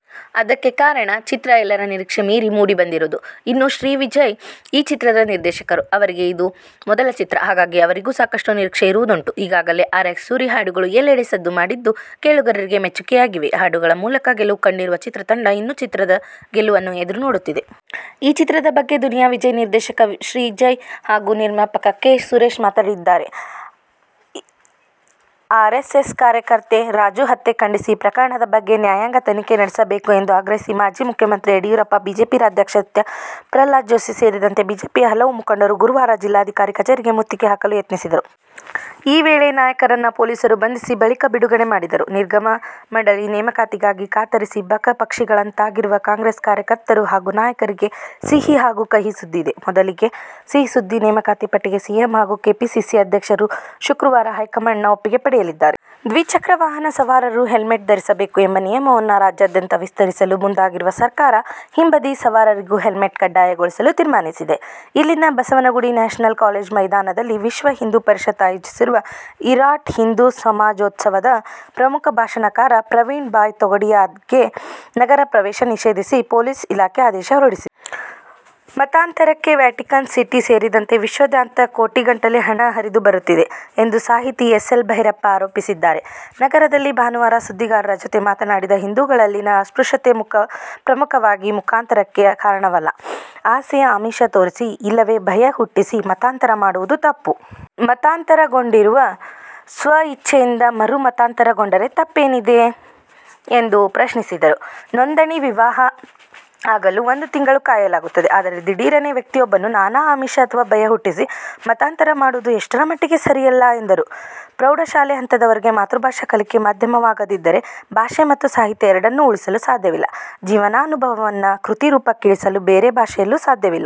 ಅದಕ್ಕೆ ಕಾರಣ, ಚಿತ್ರ ಎಲ್ಲರ ನಿರೀಕ್ಷೆ ಮೀರಿ ಮೂಡಿ ಬಂದಿರೋದು. ಇನ್ನು, ಶ್ರೀಜಯ್ ಈ ಚಿತ್ರದ ನಿರ್ದೇಶಕರು. ಇವರಿಗೆ ಇದು ಮೊದಲ ಚಿತ್ರ. ಹಾಗಾಗಿ ಅವರಿಗೂ ಸಾಕಷ್ಟು ನಿರೀಕ್ಷೆ ಇರುವುದುಂಟು. ಈಗಾಗಲೇ "ಆರ್ಎಕ್ಸ್ ಸೂರಿ' ಹಾಡುಗಳು ಎಲ್ಲೆಡೆ ಸದ್ದು ಮಾಡಿದ್ದು, ಕೇಳುಗರಿಗೆ ಮೆಚ್ಚುಗೆಯಾಗಿವೆ. ಹಾಡುಗಳ ಮೂಲಕ ಗೆಲುವು ಕಂಡಿರುವ ಚಿತ್ರತಂಡ, ಇನ್ನು, ಚಿತ್ರದ ಗೆಲುವನ್ನು ಎದುರು ನೋಡುತ್ತಿದೆ. ಈ ಚಿತ್ರದ ಬಗ್ಗೆ ದುನಿಯಾ ವಿಜಯ್, ನಿರ್ದೇಶಕ ಶ್ರೀಜಯ್ ಹಾಗು ನಿರ್ಮಾಪಕ ಕೆ. ಸುರೇಶ್ ಮಾತಾಡಿದ್ದಾರೆ. ಆರ್ಎಸ್ಎಸ್ ಕಾರ್ಯಕರ್ತ ರಾಜು ಹತ್ಯೆ ಖಂಡಿಸಿ, ಪ್ರಕರಣದ ಬಗ್ಗೆ ನ್ಯಾಯಾಂಗ ತನಿಖೆ ನಡೆಸಬೇಕು ಎಂದು ಆಗ್ರಹಿಸಿ ಮಾಜಿ ಮುಖ್ಯಮಂತ್ರಿ ಯಡಿಯೂರಪ್ಪ, ಬಿಜೆಪಿ ರಾಜ್ಯಾಧ್ಯಕ್ಷ ಪ್ರಹ್ಲಾದ ಜೋಶಿ ಸೇರಿದಂತೆ ಬಿಜೆಪಿಯ ಹಲವು ಮುಖಂಡರು ಗುರುವಾರ ಜಿಲ್ಲಾಧಿಕಾರಿ ಕಚೇರಿಗೆ ಮುತ್ತಿಗೆ ಹಾಕಲು ಯತ್ನಿಸಿದರು. ಈ ವೇಳೆ ನಾಯಕರನ್ನು ಪೊಲೀಸರು ಬಂಧಿಸಿ, ಬಳಿಕ ಬಿಡುಗಡೆ ಮಾಡಿದರು. ನಿಗಮ-ಮಂಡಳಿ ನೇಮಕಾತಿ ಗಾಗಿ ಕಾತರಿಸಿ ಬಕ ಪಕ್ಷಿಗಳಂತಾಗಿರುವ ಕಾಂಗ್ರೆಸ್ ಕಾರ್ಯಕರ್ತರು ಹಾಗೂ ನಾಯಕರಿಗೆ ಸಿಹಿ ಹಾಗೂ ಕಹಿ ಸುದ್ದಿಯಿದೆ. ಮೊದಲಿಗೆ ಸಿಹಿ ಸುದ್ದಿ- ನೇಮಕಾತಿ ಪಟ್ಟಿಗೆ ಸಿಎಂ ಹಾಗೂ ಕೆಪಿಸಿಸಿ ಅಧ್ಯಕ್ಷರು ಶುಕ್ರವಾರ ಹೈಕಮಾಂಡ್ನ ಒಪ್ಪಿಗೆ ಪಡೆಯಲಿದ್ದಾರೆ. ದ್ವಿಚಕ್ರ ವಾಹನ ಸವಾರರು ಹೆಲ್ಮೆಟ್ ಧರಿಸಬೇಕು ಎಂಬ ನಿಯಮವನ್ನು ರಾಜ್ಯಾದ್ಯಂತ ವಿಸ್ತರಿಸಲು ಮುಂದಾಗಿರುವ ಸರ್ಕಾರ, ಹಿಂಬದಿ ಸವಾರರಿಗೂ ಹೆಲ್ಮೆಟ್ ಕಡ್ಡಾಯಗೊಳಿಸಲು ತೀರ್ಮಾನಿಸಿದೆ. ಇಲ್ಲಿನ ಬಸವನಗುಡಿ ನ್ಯಾಷನಲ್ ಕಾಲೇಜು ಮೈದಾನದಲ್ಲಿ ವಿಶ್ವ ಹಿಂದೂ ಪರಿಷತ್ ಆಯೋಜಿಸಿರುವ "ವಿರಾಟ್ ಹಿಂದೂ ಸಮಾಜೋತ್ಸವ'ದ ಪ್ರಮುಖ ಭಾಷಣಕಾರ ಪ್ರವೀಣ್ ಭಾಯ್ ತೊಗಾಡಿಯಾಗೆ ನಗರ ಪ್ರವೇಶ ನಿಷೇಧಿಸಿ ಪೊಲೀಸ್ ಇಲಾಖೆ ಆದೇಶ ಹೊರಡಿಸಿದೆ. ಮತಾಂತರಕ್ಕೆ ವ್ಯಾಟಿಕನ್ ಸಿಟಿ ಸೇರಿದಂತೆ ವಿಶ್ವಾದ್ಯಂತ ಕೋಟಿಗಟ್ಟಲೆ ಹಣ ಹರಿದು ಬರುತ್ತಿದೆ ಎಂದು ಸಾಹಿತಿ ಎಸ್. ಎಲ್. ಭೈರಪ್ಪ ಆರೋಪಿಸಿದ್ದಾರೆ. ನಗರದಲ್ಲಿ ಭಾನುವಾರ ಸುದ್ದಿಗಾರರ ಜತೆ ಮಾತನಾಡಿ, ಹಿಂದೂಗಳಲ್ಲಿನ ಅಸ್ಪೃಶ್ಯತೆ ಪ್ರಮುಖವಾಗಿ ಮತಾಂತರಕ್ಕೆ ಕಾರಣವಲ್ಲ. ಆಸೆ ಆಮಿಷ ತೋರಿಸಿ, ಇಲ್ಲವೇ ಭಯ ಹುಟ್ಟಿಸಿ ಮತಾಂತರ ಮಾಡುವುದು ತಪ್ಪು. ಮತಾಂತರಗೊಂಡವರು ಸ್ವಇಚ್ಚೆಯಿಂದ ಮರು ಮತಾಂತರಗೊಂಡರೆ ತಪ್ಪೇನಿದೆ ಎಂದು ಪ್ರಶ್ನಿಸಿದರು. ನೋಂದಣಿ ವಿವಾಹ ಆಗಲು ಒಂದು ತಿಂಗಳು ಕಾಯಲಾಗುತ್ತದೆ. ಆದರೆ, ದಿಢೀರನೇ ವ್ಯಕ್ತಿಯೊಬ್ಬನನ್ನು ನಾನಾ ಆಮಿಷ ಅಥವಾ ಭಯ ಹುಟ್ಟಿಸಿ ಮತಾಂತರ ಮಾಡುವುದು ಎಷ್ಟರ ಮಟ್ಟಿಗೆ ಸರಿಯಲ್ಲ ಎಂದರು. ಪ್ರೌಢಶಾಲೆ ಹಂತದವರೆಗೆ ಮಾತೃಭಾಷೆ ಕಲಿಕೆ ಮಾಧ್ಯಮವಾಗದಿದ್ದರೆ ಭಾಷೆ ಮತ್ತು ಸಾಹಿತ್ಯ ಎರಡನ್ನು ಉಳಿಸಲು ಸಾಧ್ಯವಿಲ್ಲ, ಜೀವನಾನುಭವವನ್ನು ಕೃತಿ ರೂಪಕ್ಕಿಳಿಸಲು ಬೇರೆ ಭಾಷೆಯಲ್ಲೂ ಸಾಧ್ಯವಿಲ್ಲ.